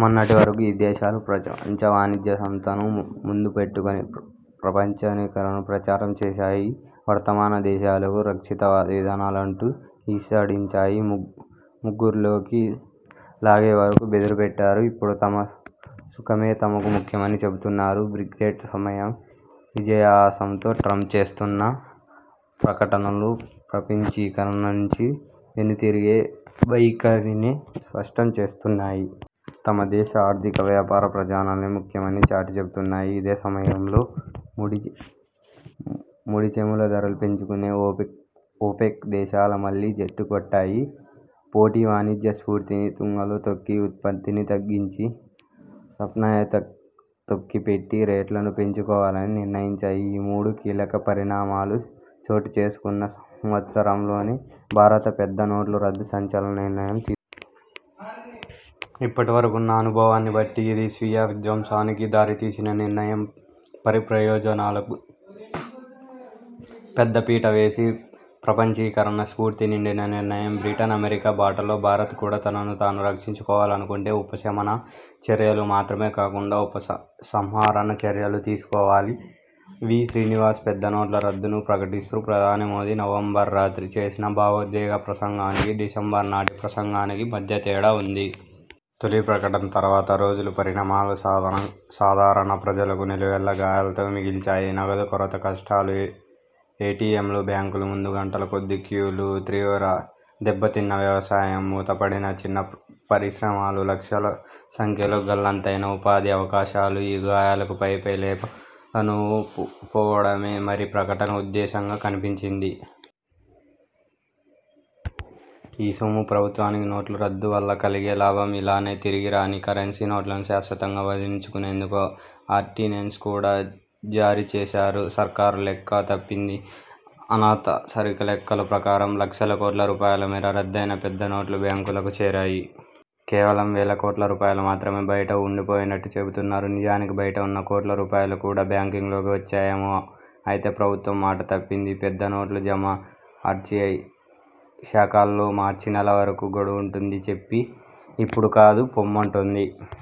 మొన్నటి వరకు ఈ దేశాలు ప్రపంచ వాణిజ్య సంస్థ ను ముందు పెట్టుకొని ప్రపంచీకరణను ప్రచారం చేశాయి. వర్ధమాన దేశాలను రక్షితవాద విధానాలంటూ ఈసడించాయి. ముగ్గులోకి లాగేవరకు బెదరగొట్టాయి. ఇప్పుడు తమ సుఖమే తమకు ముఖ్యమని చెబుతున్నాయి. బ్రెగ్జిట్ నిర్ణయం, విజయహాసంతో ట్రంప్ చేస్తున్న ప్రకటనలు ప్రపంచీకరణ నుంచి వెనుతిరిగే వైఖరినే స్పష్టం చేస్తున్నాయి. తమ దేశ ఆర్థిక, వ్యాపార ప్రయోజనాలే ముఖ్యమని చాటి చెబుతున్నాయి. ఇదే సమయంలో ముడి చమురు ధరలు పెంచేందుకు ఒపెక్ దేశాల మళ్లీ జట్టుకట్టాయి. పోటీ వాణిజ్య స్ఫూర్తిని తుంగలో తొక్కి ఉత్పత్తిని తగ్గించి, సప్లయ్ని తొక్కిపెట్టి రేట్లను పెంచుకోవాలని నిర్ణయించాయి. ఈ మూడు కీలక పరిణామాలు చోటుచేసుకున్న సంవత్సరంలోనే భారత పెద్ద నోట్ల రద్దు సంచలన నిర్ణయం తీసుకుంది. ఇప్పటివరకున్న అనుభవాన్ని బట్టి ఇది స్వీయవిధ్వంసానికి దారితీసిన నిర్ణయం. పరప్రయోజనాలకు పెద్దపీటవేసే ప్రపంచీకరణ స్ఫూర్తి నిండిన నిర్ణయం. బ్రిటన్, అమెరికా బాటలో భారత్ కూడా తనను తాను రక్షించుకోవాలనుకుంటే ఉపశమన చర్యలు మాత్రమే కాకుండా ఉపసంహరణ చర్యలూ తీసుకోవాలి. వి. శ్రీనివాస్ పెద్ద నోట్ల రద్దును ప్రకటిస్తూ ప్రధాని మోదీ నవంబర్ రాత్రి చేసిన భావోద్వేగ ప్రసంగానికీ, డిసెంబర్ నాటి ప్రసంగానికి మధ్య తేడా ఉంది. తొలి ప్రకటన తర్వాత రోజుల పరిణామాలు సాధారణ ప్రజలను నిలువెల్లా గాయాలతో మిగిల్చాయి. నగదు కొరత కష్టాలు, ఎటిఎంలు, బ్యాంకుల ముందు గంటల కొద్దీ క్యూలు, తీవ్రంగా దెబ్బతిన్న వ్యవసాయం, మూతపడిన చిన్న పరిశ్రమలు, లక్షల సంఖ్యలో గల్లంతైన ఉపాధి అవకాశాలు ఈ గాయాలకు పైపై లేపనాలను పూయడమే మలి ప్రకటన ఉద్దేశ్యంగా కనిపించింది. ఈ సొమ్ము ప్రభుత్వానికి నోట్ల రద్దు వల్ల కలిగే లాభం. ఇలా తిరిగి రాని కరెన్సీ నోట్లను శాశ్వతంగా వదిలించుకునేందుకే ఆర్డినెన్స్ కూడా జారీ చేశారు. సర్కారు లెక్క తప్పింది. అనధికారిక లెక్కల ప్రకారం లక్షల కోట్ల రూపాయల మేర రద్దయిన పెద్ద నోట్లు బ్యాంకులకు చేరాయి. కేవలం వేల కోట్ల రూపాయల మాత్రమే బయట ఉండిపోయినట్టు చెబుతున్నారు. నిజానికి బయట ఉన్న వేల కోట్ల రూపాయలు కూడా బ్యాంకింగ్లోకి వచ్చేవేమో అయితే ప్రభుత్వం మాట తప్పింది. పెద్ద నోట్ల జమకు ఆర్బిఐ శాఖల్లో మార్చి నెల వరకు గడువుంటుందని చెప్పి, ఇప్పుడు కాదు పొమ్మంటోంది.